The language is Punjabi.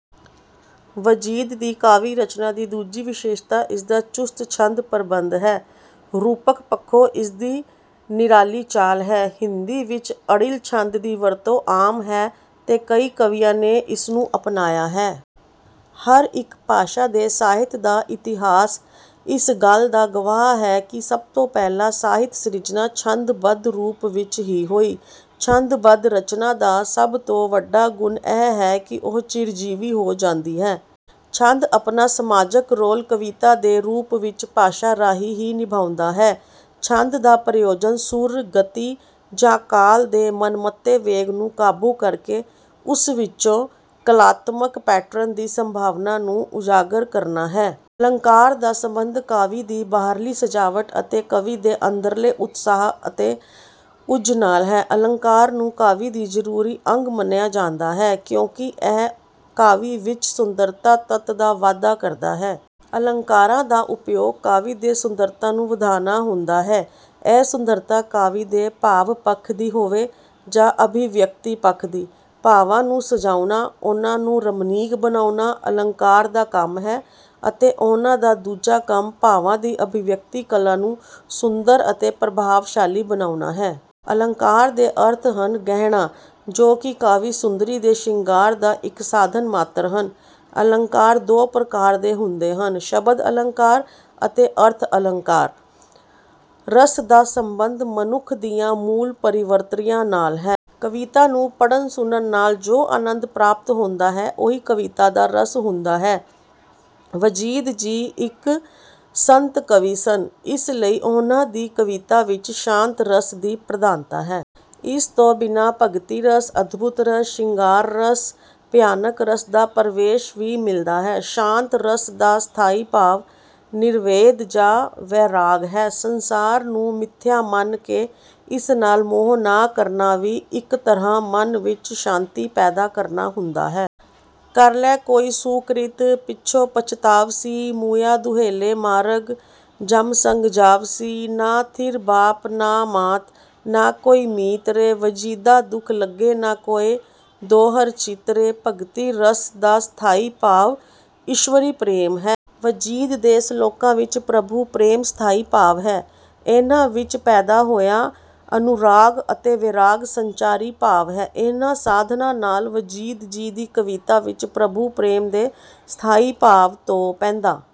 ਵਜੀਦ ਦੀ ਕਾਵਿ ਰਚਨਾ ਦੀ ਦੂਜੀ ਵਿਸ਼ੇਸ਼ਤਾ ਇਸਦਾ ਚੁਸਤ ਛੰਦ ਪ੍ਰਬੰਧ ਹੈ। ਰੂਪਕ ਪੱਖੋਂ ਇਸਦੀ ਨਿਰਾਲੀ ਚਾਲ ਹੈ। ਹਿੰਦੀ ਵਿੱਚ ਅੜਿੱਲ ਛੰਦ ਦੀ ਵਰਤੋਂ ਆਮ ਹੈ ਤੇ ਕਈ ਕਵੀਆਂ ਨੇ ਇਸਨੂੰ ਅਪਣਾਇਆ ਹੈ। ਹਰ ਇੱਕ ਭਾਸ਼ਾ ਦੇ ਸਾਹਿਤ ਦਾ ਇਤਿਹਾਸ ਇਸ ਗੱਲ ਦਾ ਗਵਾਹ ਹੈ ਕਿ ਸਭ ਤੋਂ ਪਹਿਲਾਂ ਸਾਹਿਤ ਸਿਰਜਣਾ ਛੰਦ ਬੱਧ ਰੂਪ ਵਿੱਚ ਹੀ ਹੋਈ। ਛੰਦ ਬੱਧ ਰਚਨਾ ਦਾ ਸਭ ਤੋਂ ਵੱਡਾ ਗੁਣ ਇਹ ਹੈ ਕਿ ਉਹ ਚਿਰਜੀਵੀ ਹੋ ਜਾਂਦੀ ਹੈ। ਛੰਦ ਆਪਣਾ ਸਮਾਜਕ ਰੋਲ ਕਵਿਤਾ ਦੇ ਰੂਪ ਵਿੱਚ ਭਾਸ਼ਾ ਰਾਹੀਂ ਹੀ ਨਿਭਾਉਂਦਾ ਹੈ। ਛੰਦ ਦਾ ਪ੍ਰਯੋਜਨ ਸੁਰ, ਗਤੀ ਜਾਂ ਕਾਲ ਦੇ ਮਨਮਤੇ ਵੇਗ ਨੂੰ ਕਾਬੂ ਕਰਕੇ ਉਸ ਵਿੱਚੋਂ ਕਲਾਤਮਕ ਪੈਟਰਨ ਦੀ ਸੰਭਾਵਨਾ ਨੂੰ ਉਜਾਗਰ ਕਰਨਾ ਹੈ। ਅਲੰਕਾਰ ਦਾ ਸੰਬੰਧ ਕਾਵਿ ਦੀ ਬਾਹਰਲੀ ਸਜਾਵਟ ਅਤੇ ਕਵੀ ਦੇ ਅੰਦਰਲੇ ਉਤਸ਼ਾਹ ਅਤੇ ਓਜ ਨਾਲ ਹੈ। ਅਲੰਕਾਰ ਨੂੰ ਕਾਵਿ ਦਾ ਜ਼ਰੂਰੀ ਅੰਗ ਮੰਨਿਆ ਜਾਂਦਾ ਹੈ ਕਿਉਂਕਿ ਇਹ ਕਾਵਿ ਵਿੱਚ ਸੁੰਦਰਤਾ ਤੱਤ ਦਾ ਵਾਧਾ ਕਰਦਾ ਹੈ। ਅਲੰਕਾਰਾਂ ਦਾ ਉਪਯੋਗ ਕਾਵਿ ਦੇ ਸੁੰਦਰਤਾ ਨੂੰ ਵਧਾਉਣਾ ਹੁੰਦਾ ਹੈ। ਇਹ ਸੁੰਦਰਤਾ ਕਾਵਿ ਦੇ ਭਾਵ ਪੱਖ ਦੀ ਹੋਵੇ ਜਾਂ ਅਭਿਵਿਅਕਤੀ ਪੱਖ ਦੀ। ਭਾਵਾਂ ਨੂੰ ਸਜਾਉਣਾ, ਉਨ੍ਹਾਂ ਨੂੰ ਰਮਣੀਕ ਬਣਾਉਣਾ ਅਲੰਕਾਰਾਂ ਦਾ ਕੰਮ ਹੈ ਅਤੇ ਉਨ੍ਹਾਂ ਦਾ ਦੂਜਾ ਕੰਮ ਭਾਵਾਂ ਦੀ ਅਭਿਵਿਅਕਤੀ ਕਲਾ ਨੂੰ ਸੁੰਦਰ ਅਤੇ ਪ੍ਰਭਾਵਸ਼ਾਲੀ ਬਣਾਉਣਾ ਹੈ। ਅਲੰਕਾਰ ਦੇ ਅਰਥ ਹਨ ਗਹਿਣਾ ਜੋ ਕਿ ਕਾਵਿ ਸੁੰਦਰੀ ਦੇ ਸ਼ਿੰਗਾਰ ਦਾ ਇੱਕ ਸਾਧਨ ਮਾਤਰ ਹਨ। ਅਲੰਕਾਰ ਦੋ ਪ੍ਰਕਾਰ ਦੇ ਹੁੰਦੇ ਹਨ ਸ਼ਬਦ ਅਲੰਕਾਰ ਅਤੇ ਅਰਥ ਅਲੰਕਾਰ। ਰਸ ਦਾ ਸੰਬੰਧ ਮਨੁੱਖ ਦੀਆਂ ਮੂਲ ਪ੍ਰਵਿਰਤੀਆਂ ਨਾਲ ਹੈ। ਕਵਿਤਾ ਨੂੰ ਪੜ੍ਹਨ ਸੁਣਨ ਨਾਲ ਜੋ ਅਨੰਦ ਪ੍ਰਾਪਤ ਹੁੰਦਾ ਹੈ ਉਹੀ ਕਵਿਤਾ ਦਾ ਰਸ ਹੁੰਦਾ ਹੈ। ਵਜੀਦ ਜੀ ਇੱਕ ਸੰਤ ਕਵੀ ਸਨ, ਇਸ ਲਈ ਉਨ੍ਹਾਂ ਦੀ ਕਵਿਤਾ ਵਿੱਚ ਸ਼ਾਂਤ ਰਸ ਦੀ ਪ੍ਰਧਾਨਤਾ ਹੈ। ਇਸ ਤੋਂ ਬਿਨਾਂ ਭਗਤੀ ਰਸ, ਅਦਭੁਤ ਰਸ, ਸ਼ਿੰਗਾਰ ਰਸ, ਭਿਆਨਕ ਰਸ ਦਾ ਪ੍ਰਵੇਸ਼ ਵੀ ਮਿਲਦਾ ਹੈ। ਸ਼ਾਂਤ ਰਸ ਦਾ ਸਥਾਈ ਭਾਵ ਨਿਰਵੇਦ ਜਾਂ ਵੈਰਾਗ ਹੈ। ਸੰਸਾਰ ਨੂੰ ਮਿਥਿਆ ਮੰਨ ਕੇ ਇਸ ਨਾਲ ਮੋਹ ਨਾ ਕਰਨਾ ਵੀ ਇੱਕ ਤਰ੍ਹਾਂ ਮਨ ਵਿੱਚ ਸ਼ਾਂਤੀ ਪੈਦਾ ਕਰਨਾ ਹੁੰਦਾ ਹੈ। "ਕਰ ਲੈ ਕੋਈ ਸੁਕ੍ਰਿਤ, ਪਿਛੋਂ ਪਛਤਾਵਸੀ। ਮੁਇਆਂ ਦੁਹੇਲੇ ਮਾਰਗ, ਜਮ ਸੰਗਿ ਜਾਵਸੀ। ਨਾ ਥਿਰ ਬਾਪੁ ਨ ਮਾਤੁ, ਨ ਕੋਈ ਮੀਤ ਰੇ। ਵਜੀਦਾ ਦੁਖ ਲਗੇ ਨ ਕੋਇ, ਦੇ ਹਰਿ ਚੀਤੁ ਰੇ।" ਭਗਤੀ ਰਸ ਦਾ ਸਥਾਈ ਭਾਵ ਈਸ਼ਵਰੀ ਪ੍ਰੇਮ ਹੈ। ਵਜੀਦ ਦੇ ਸਲੋਕਾਂ ਵਿੱਚ ਪ੍ਰਭੂ ਪ੍ਰੇਮ ਸਥਾਈ ਭਾਵ ਹੈ। ਇਨ੍ਹਾਂ ਵਿੱਚ ਪੈਦਾ ਹੋਇਆ ਅਨੁਰਾਗ ਤੇ ਵੈਰਾਗ ਸੰਚਾਰੀ ਭਾਵ ਹੈ। ਇਨ੍ਹਾਂ ਸਾਧਨਾਂ ਨਾਲ ਵਜੀਦ ਜੀ ਦੀ ਕਵਿਤਾ ਵਿੱਚ ਪ੍ਰਭੂ ਪ੍ਰੇਮ ਦੇ ਸਥਾਈ ਭਾਵ ਤੋਂ ਪੈਂਦਾ।